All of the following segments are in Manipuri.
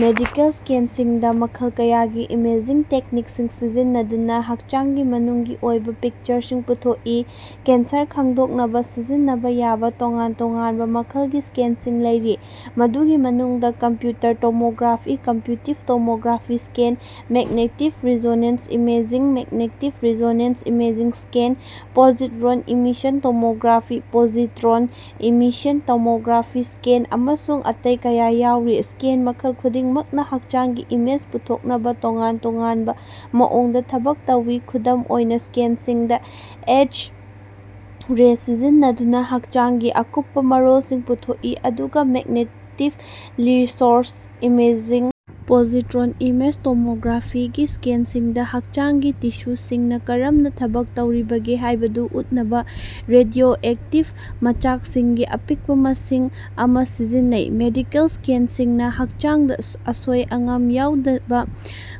ꯃꯦꯗꯤꯀꯦꯜ ꯁ꯭ꯀꯦꯟꯁꯤꯡꯗ ꯃꯈꯜ ꯀꯌꯥꯒꯤ ꯏꯃꯦꯖꯤꯡ ꯇꯦꯛꯅꯤꯛꯁꯤꯡ ꯁꯤꯖꯤꯟꯅꯗꯨꯅ ꯍꯛꯆꯥꯡꯒꯤ ꯃꯅꯨꯡꯒꯤ ꯑꯣꯏꯕ ꯄꯤꯛꯆꯔꯁꯤꯡ ꯄꯨꯊꯣꯛꯏ꯫ ꯀꯦꯟꯁꯔ ꯈꯪꯗꯣꯛꯅꯕ ꯁꯤꯖꯤꯟꯅꯕ ꯌꯥꯕ ꯇꯣꯉꯥꯟ ꯇꯣꯉꯥꯟꯕ ꯃꯈꯜꯒꯤ ꯁ꯭ꯀꯦꯟꯁꯤꯡ ꯂꯩꯔꯤ꯫ ꯃꯗꯨꯒꯤ ꯃꯅꯨꯡꯗ computer tomography computed tomography scan, magnetic resonance imaging magnetic resonance imaging scan, positron emission tomography (positron emission tomography ) scan ꯑꯃꯁꯨꯡ ꯑꯇꯩ ꯀꯌꯥ ꯌꯥꯎꯔꯤ꯫ ꯁ꯭ꯀꯦꯟ ꯃꯈꯜ ꯈꯨꯗꯤꯡꯃꯛꯅ ꯍꯛꯆꯥꯡꯒꯤ ꯏꯃꯦꯖ ꯄꯨꯊꯣꯛꯅꯕ ꯇꯣꯉꯥꯟ ꯇꯣꯉꯥꯟꯕ ꯃꯑꯣꯡꯗ ꯊꯕꯛ ꯇꯧꯏ꯫ ꯈꯨꯗꯝ ꯑꯣꯏꯅ, ꯁ꯭ꯀꯦꯟꯁꯤꯡꯗ ꯑꯦꯛꯁ-ꯔꯦ ꯁꯤꯖꯤꯟꯅꯗꯨꯅꯥ ꯍꯛꯆꯥꯡꯒꯤ ꯑꯀꯨꯞꯄ ꯃꯔꯣꯜꯁꯤꯡ ꯄꯨꯊꯣꯛꯏ, ꯑꯗꯨꯒ magnetic resonance imaging. Positron. Image tomography. ꯒꯤ ꯁ꯭ꯀꯦꯟꯁꯤꯡꯗ ꯍꯛꯆꯥꯡꯒꯤ ꯇꯤꯁ꯭ꯌꯨꯁꯤꯡꯅ ꯀꯔꯝꯅ ꯊꯕꯛ ꯇꯧꯔꯤꯕꯒꯦ ꯍꯥꯏꯕꯗꯨ ꯎꯠꯅꯕ ꯔꯦꯗꯤꯑꯣꯑꯦꯛꯇꯤꯚ ꯃꯆꯥꯛꯁꯤꯡꯒꯤ ꯑꯄꯤꯛꯄ ꯃꯁꯤꯡ ꯑꯃ ꯁꯤꯖꯤꯟꯅꯩ꯫ ꯃꯦꯗꯤꯀꯦꯜ ꯁ꯭ꯀꯦꯟꯁꯤꯡꯅ ꯍꯛꯆꯥꯡꯗ ꯑꯁꯣꯏ-ꯑꯉꯥꯝ ꯌꯥꯎꯗꯕ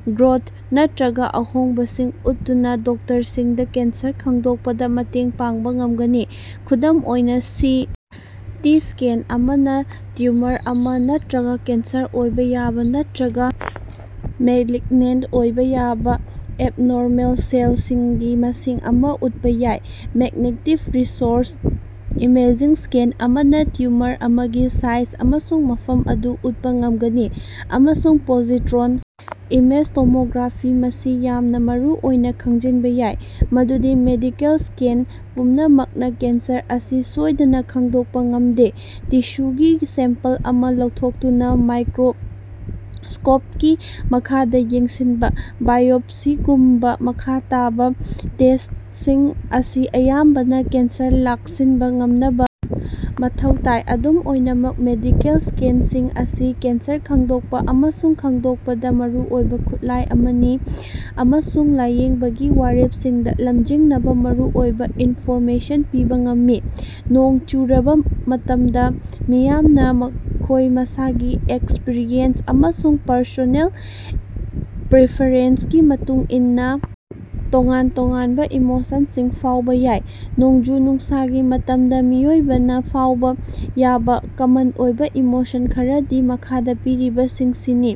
ꯒ꯭ꯔꯣꯊ ꯅꯠꯇ꯭ꯔꯒ ꯑꯍꯣꯡꯕꯁꯤꯡ ꯎꯠꯇꯨꯅ ꯗꯣꯛꯇꯔꯁꯤꯡꯗ ꯀꯦꯟꯁꯔ ꯈꯪꯗꯣꯛꯄꯗ ꯃꯇꯦꯡ ꯄꯥꯡꯕ ꯉꯝꯒꯅꯤ꯫ ꯈꯨꯗꯝ ꯑꯣꯏꯅ, ꯁꯤ. ꯇꯤ. ꯁ꯭ꯀꯦꯟ ꯑꯃꯅꯥ ꯇꯤꯎꯃꯔ ꯑꯃꯥ, ꯅꯠꯇ꯭ꯔꯒ ꯀꯦꯟꯁꯔ ꯑꯣꯏꯕ ꯌꯥꯕ ꯅꯠꯇ꯭ꯔꯒ ꯃꯦꯂꯤꯒꯅꯦꯟꯇ ꯑꯣꯏꯕ ꯌꯥꯕ ꯑꯦꯕꯅꯣꯔꯃꯦꯜ ꯁꯦꯜꯁꯤꯡꯒꯤ ꯃꯁꯤꯡ ꯑꯃ ꯎꯠꯄ ꯌꯥꯏ꯫ ꯃꯦꯛꯅꯦꯛꯇꯤꯛ ꯔꯤꯁꯣꯔꯁ ꯏꯃꯦꯖꯤꯡ ꯁ꯭ꯀꯦꯟ ꯑꯃꯅ ꯇꯤꯎꯃꯔ ꯑꯃꯒꯤ ꯁꯥꯏꯖ ꯑꯃꯁꯨꯡ ꯃꯐꯝ ꯑꯗꯨ ꯎꯠꯄ ꯉꯝꯒꯅꯤ꯫ ꯑꯃꯁꯨꯡ ꯄꯣꯖꯤꯇ꯭ꯔꯣꯟ. ꯏꯃꯦꯖ ꯇꯣꯃꯣꯒ꯭ꯔꯥꯐꯤ ꯃꯁꯤ ꯌꯥꯝꯅ ꯃꯔꯨꯑꯣꯏꯅ ꯈꯪꯖꯤꯟꯕ ꯌꯥꯏ ꯫ ꯃꯗꯨꯗꯤ ꯃꯦꯗꯤꯀꯦꯜ ꯁ꯭ꯀꯦꯟ ꯄꯨꯝꯅꯃꯛꯅ ꯀꯦꯟꯁꯔ ꯑꯁꯤ ꯁꯣꯏꯗꯅ ꯈꯪꯗꯣꯛꯄ ꯉꯃꯗꯦ꯫ ꯇꯤꯁ꯭ꯌꯨꯒꯤ ꯁꯦꯝꯄꯜ ꯑꯃ ꯂꯧꯊꯣꯛꯇꯨꯅ ꯃꯥꯏꯀꯔꯣꯁ꯭ꯀꯣꯄꯀꯤ ꯃꯈꯥꯗ ꯌꯦꯡꯁꯤꯟꯕ ꯕꯥꯏꯑꯣꯞꯁꯤꯒꯨꯝꯕ ꯃꯈꯥ ꯇꯥꯕ ꯇꯦꯁ꯭ꯇꯁꯤꯡ ꯑꯁꯤ ꯑꯌꯥꯝꯕꯅ ꯀꯦꯟꯁꯔ ꯂꯥꯛꯁꯤꯟꯕ ꯉꯝꯅꯕ ꯃꯊꯧ ꯇꯥꯏ꯫ ꯑꯗꯨꯝ ꯑꯣꯏꯅꯃꯛ, ꯃꯦꯗꯤꯀꯦꯜ ꯁ꯭ꯀꯦꯟꯁꯤꯡ ꯑꯁꯤ ꯀꯦꯟꯁꯔ ꯈꯪꯗꯣꯛꯄ ꯑꯃꯁꯨꯡ ꯈꯪꯗꯣꯛꯄꯗ ꯃꯔꯨꯑꯣꯏꯕ ꯈꯨꯠꯂꯥꯏ ꯑꯃꯅꯤ꯫ ꯑꯃꯁꯨꯡ ꯂꯥꯏꯌꯦꯡꯕꯒꯤ ꯋꯥꯔꯦꯄꯁꯤꯡꯗ ꯂꯝꯖꯤꯡꯅꯕ ꯃꯔꯨꯑꯣꯏꯕ ꯏꯅꯐꯣꯔꯃꯦꯁꯟ ꯄꯤꯕ ꯉꯝꯃꯤ꯫ ꯅꯣꯡ ꯆꯨꯔꯕꯥ ꯃꯇꯝꯗ, ꯃꯤꯌꯥꯝꯅ ꯃꯈꯣꯏ ꯃꯁꯥꯒꯤ ꯑꯦꯛꯁꯄꯔꯤꯌꯦꯟꯁ ꯑꯃꯁꯨꯡ ꯄꯔꯁꯣꯅꯦꯜ ꯄꯔꯐꯦꯔꯦꯟꯁꯀꯤ ꯃꯇꯨꯡꯏꯟꯅ ꯇꯣꯉꯥꯟ-ꯇꯣꯉꯥꯟꯕ ꯏꯃꯣꯁꯟꯁꯤꯡ ꯐꯥꯎꯕ ꯌꯥꯏ꯫ ꯅꯣꯡꯖꯨ-ꯅꯨꯡꯁꯥꯒꯤ ꯃꯇꯝꯗ ꯃꯤꯑꯣꯏꯕꯅ ꯐꯥꯎꯕ ꯌꯥꯕ ꯀꯃꯟ ꯑꯣꯏꯕ ꯏꯃꯣꯁꯟ ꯈꯔꯗꯤ ꯃꯈꯥꯗ ꯄꯤꯔꯤꯕꯁꯤꯡꯁꯤꯅꯤ: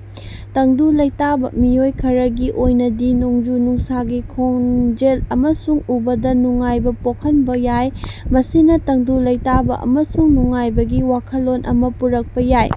ꯇꯪꯗꯨ ꯂꯩꯇꯥꯕ ꯃꯤꯑꯣꯏ ꯈꯔꯒꯤ ꯑꯣꯏꯅꯗꯤ, ꯅꯣꯡꯖꯨ-ꯅꯨꯡꯁꯥꯒꯤ ꯈꯣꯟꯖꯦꯜ ꯑꯃꯁꯨꯡ ꯎꯕꯗ ꯅꯨꯡꯉꯥꯏꯕ ꯄꯣꯛꯍꯟꯕ ꯌꯥꯏ꯫ ꯃꯁꯤꯅ ꯇꯪꯗꯨ ꯂꯩꯇꯥꯕ ꯑꯃꯁꯨꯡ ꯅꯨꯡꯉꯥꯏꯕꯒꯤ ꯋꯥꯈꯜꯂꯣꯟ ꯑꯃꯥ ꯄꯨꯔꯛꯄꯥ ꯌꯥꯏ꯫